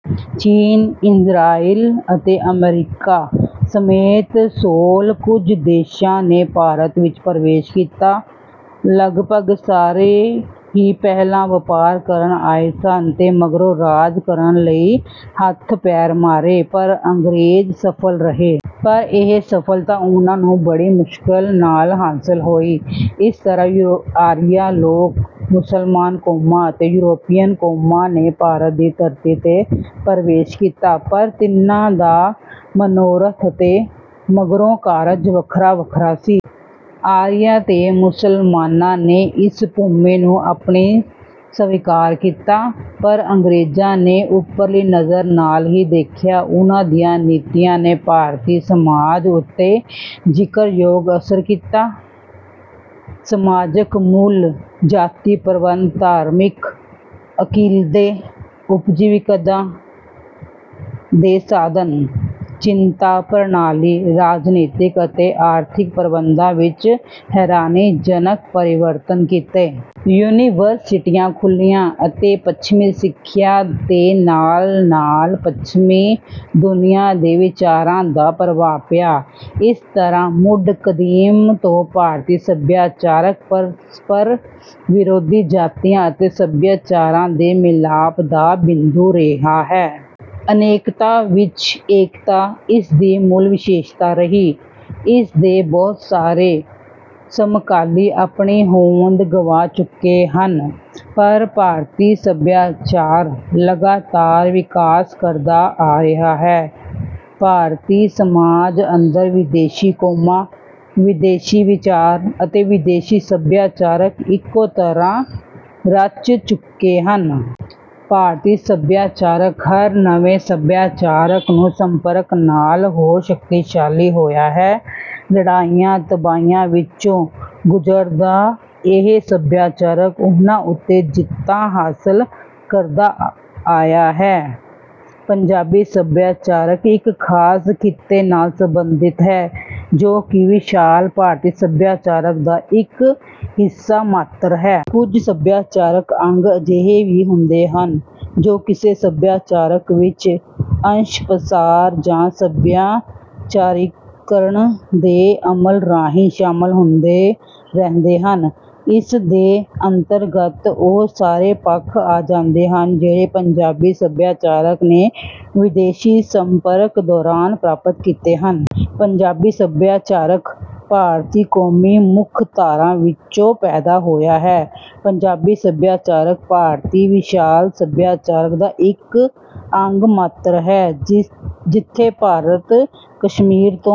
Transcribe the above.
ਚੀਨ, ਇਜ਼ਰਾਈਲ ਅਤੇ ਅਮਰੀਕਾ ਸਮੇਤ ਸੋਲ੍ਹ ਕੁਝ ਦੇਸ਼ਾਂ ਨੇ ਭਾਰਤ ਵਿੱਚ ਪ੍ਰਵੇਸ਼ ਕੀਤਾ। ਲਗਭਗ ਸਾਰੇ ਹੀ ਪਹਿਲਾਂ ਵਪਾਰ ਕਰਨ ਆਏ ਸਨ ਤੇ ਮਗਰੋਂ ਰਾਜ ਕਰਨ ਲਈ ਹੱਥ ਪੈਰ ਮਾਰੇ। ਪਰ ਅੰਗ੍ਰੇਜ਼ ਸਫ਼ਲ ਰਹੇ। ਪਰ ਇਹ ਸਫ਼ਲਤਾ ਉਨ੍ਹਾਂ ਨੂੰ ਬੜੀ ਮੁਸ਼ਕਿਲ ਨਾਲ ਹਾਸਲ ਹੋਈ। ਇਸ ਤਰ੍ਹਾਂ ਆਰੀਆ ਲੋਕ, ਮੁਸਲਮਾਨ ਕੌਮਾਂ ਅਤੇ ਯੂਰਪੀਨ ਕੌਮਾਂ ਨੇ ਭਾਰਤ ਦੀ ਧਰਤੀ 'ਤੇ ਪ੍ਰਵੇਸ਼ ਕੀਤਾ। ਪਰ ਤਿੰਨਾਂ ਦਾ ਮਨੋਰਥ ਅਤੇ ਮਗਰੋਂ ਕਾਰਜ ਵੱਖਰਾ-ਵੱਖਰਾ ਸੀ। ਆਰੀਆਂ ਤੇ ਮੁਸਲਮਾਨਾਂ ਨੇ ਇਸ ਭੂਮੀ ਨੂੰ ਆਪਣੀ ਸਵੀਕਾਰ ਕੀਤਾ, ਪਰ ਅੰਗ੍ਰੇਜ਼ਾਂ ਨੇ ਉਪਰਲੀ ਨਜ਼ਰ ਨਾਲ ਹੀ ਦੇਖਿਆ। ਉਨ੍ਹਾਂ ਦੀਆਂ ਨੀਤੀਆਂ ਨੇ ਭਾਰਤੀ ਸਮਾਜ ਉੱਤੇ ਜ਼ਿਕਰਯੋਗ ਅਸਰ ਕੀਤਾ। ਸਮਾਜਕ ਮੂਲ, ਜਾਤੀ ਪ੍ਰਬੰਧ, ਧਾਰਮਿਕ ਅਕੀਦੇ, ਉਪਜੀਵਿਕਾ ਦੇ ਸਾਧਨ, ਚਿੰਤਨ ਪ੍ਰਣਾਲੀ, ਰਾਜਨੀਤਕ ਅਤੇ ਆਰਥਿਕ ਪ੍ਰਬੰਧਾਂ ਵਿੱਚ ਹੈਰਾਨੀਜਨਕ ਪਰਿਵਰਤਨ ਕੀਤੇ। ਯੂਨੀਵਰਸਿਟੀਆਂ ਖੁੱਲ੍ਹੀਆਂ, ਅਤੇ ਪੱਛਮੀ ਸਿੱਖਿਆ ਅਤੇ ਨਾਲ-ਨਾਲ ਪੱਛਮੀ ਦੁਨੀਆਂ ਦੇ ਵਿਚਾਰਾਂ ਦਾ ਪ੍ਰਭਾਵ ਪਿਆ। ਇਸ ਤਰ੍ਹਾਂ ਮੁੱਢ ਕਦੀਮ ਤੋਂ ਭਾਰਤੀ ਸੱਭਿਆਚਾਰ ਪਰਸਪਰ ਵਿਰੋਧੀ ਜਾਤੀਆਂ ਅਤੇ ਸੱਭਿਆਚਾਰਾਂ ਦੇ ਮਿਲਾਪ ਦਾ ਬਿੰਦੂ ਰਿਹਾ ਹੈ। ਅਨੇਕਤਾ ਵਿੱਚ ਏਕਤਾ ਇਸਦੀ ਮੂਲ ਵਿਸ਼ੇਸ਼ਤਾ ਰਹੀ ਹੈ। ਇਸ ਦੇ ਬਹੁਤ ਸਾਰੇ ਸਮਕਾਲੀ ਆਪਣੀ ਹੋਂਦ ਗਵਾ ਚੁੱਕੇ ਹਨ। ਪਰ ਭਾਰਤੀ ਸੱਭਿਆਚਾਰ ਲਗਾਤਾਰ ਵਿਕਾਸ ਕਰਦਾ ਆ ਰਿਹਾ ਹੈ। ਭਾਰਤੀ ਸਮਾਜ ਅੰਦਰ ਵਿਦੇਸ਼ੀ ਕੌਮਾਂ, ਵਿਦੇਸ਼ੀ ਵਿਚਾਰ, ਤੇ ਵਿਦੇਸ਼ੀ ਸੱਭਿਆਚਾਰ ਇੱਕੋ ਤਰ੍ਹਾਂ ਰਚ ਚੁੱਕੇ ਹਨ। ਭਾਰਤੀ ਸੱਭਿਆਚਾਰ ਹਰ ਨਵੇਂ ਸੱਭਿਆਚਾਰ ਦੇ ਸੰਪਰਕ ਨਾਲ ਹੋਰ ਸ਼ਕਤੀਸ਼ਾਲੀ ਹੋਇਆ ਹੈ। ਲੜਾਈਆਂ ਤਬਾਹੀਆਂ ਵਿੱਚੋਂ ਗੁਜ਼ਰਦਾ ਇਹ ਸੱਭਿਆਚਾਰ ਉਨ੍ਹਾਂ ਉੱਤੇ ਜਿੱਤਾਂ ਹਾਸਲ ਕਰਦਾ ਆਇਆ ਹੈ। ਪੰਜਾਬੀ ਸੱਭਿਆਚਾਰ ਇੱਕ ਖਾਸ ਖਿੱਤੇ ਨਾਲ ਸੰਬੰਧਿਤ ਹੈ ਜੋ ਕਿ ਵਿਸ਼ਾਲ ਭਾਰਤੀ ਸੱਭਿਆਚਾਰ ਦਾ ਇੱਕ ਹਿੱਸਾ ਮਾਤਰ ਹੈ। ਕੁਝ ਸੱਭਿਆਚਾਰਕ ਅੰਗ ਅਜਿਹੇ ਵੀ ਹੁੰਦੇ ਹਨ ਜੋ ਕਿਸੇ ਸੱਭਿਆਚਾਰ ਵਿੱਚ ਅੰਸ਼-ਪਸਾਰ ਜਾਂ ਸੱਭਿਆਚਾਰੀਕਰਨ ਦੇ ਅਮਲ ਰਾਹੀਂ ਸ਼ਾਮਲ ਹੁੰਦੇ ਰਹਿੰਦੇ ਹਨ। ਇਸ ਦੇ ਅੰਤਰਗਤ ਉਹ ਸਾਰੇ ਪੱਖ ਆ ਜਾਂਦੇ ਹਨ ਜਿਹੜੇ ਪੰਜਾਬੀ ਸੱਭਿਆਚਾਰ ਨੇ ਵਿਦੇਸ਼ੀ ਸੰਪਰਕ ਦੌਰਾਨ ਪ੍ਰਾਪਤ ਕੀਤੇ ਹਨ। ਪੰਜਾਬੀ ਸੱਭਿਆਚਾਰ ਭਾਰਤੀ ਕੌਮੀ ਮੁੱਖ ਧਾਰਾ ਵਿੱਚੋਂ ਪੈਦਾ ਹੋਇਆ ਹੈ। ਪੰਜਾਬੀ ਸੱਭਿਆਚਾਰ, ਭਾਰਤੀ ਵਿਸ਼ਾਲ ਸੱਭਿਆਚਾਰ ਦਾ ਇੱਕ ਅੰਗ ਮਾਤਰ ਹੈ। ਜਿਥੇ ਭਾਰਤ ਕਸ਼ਮੀਰ ਤੋਂ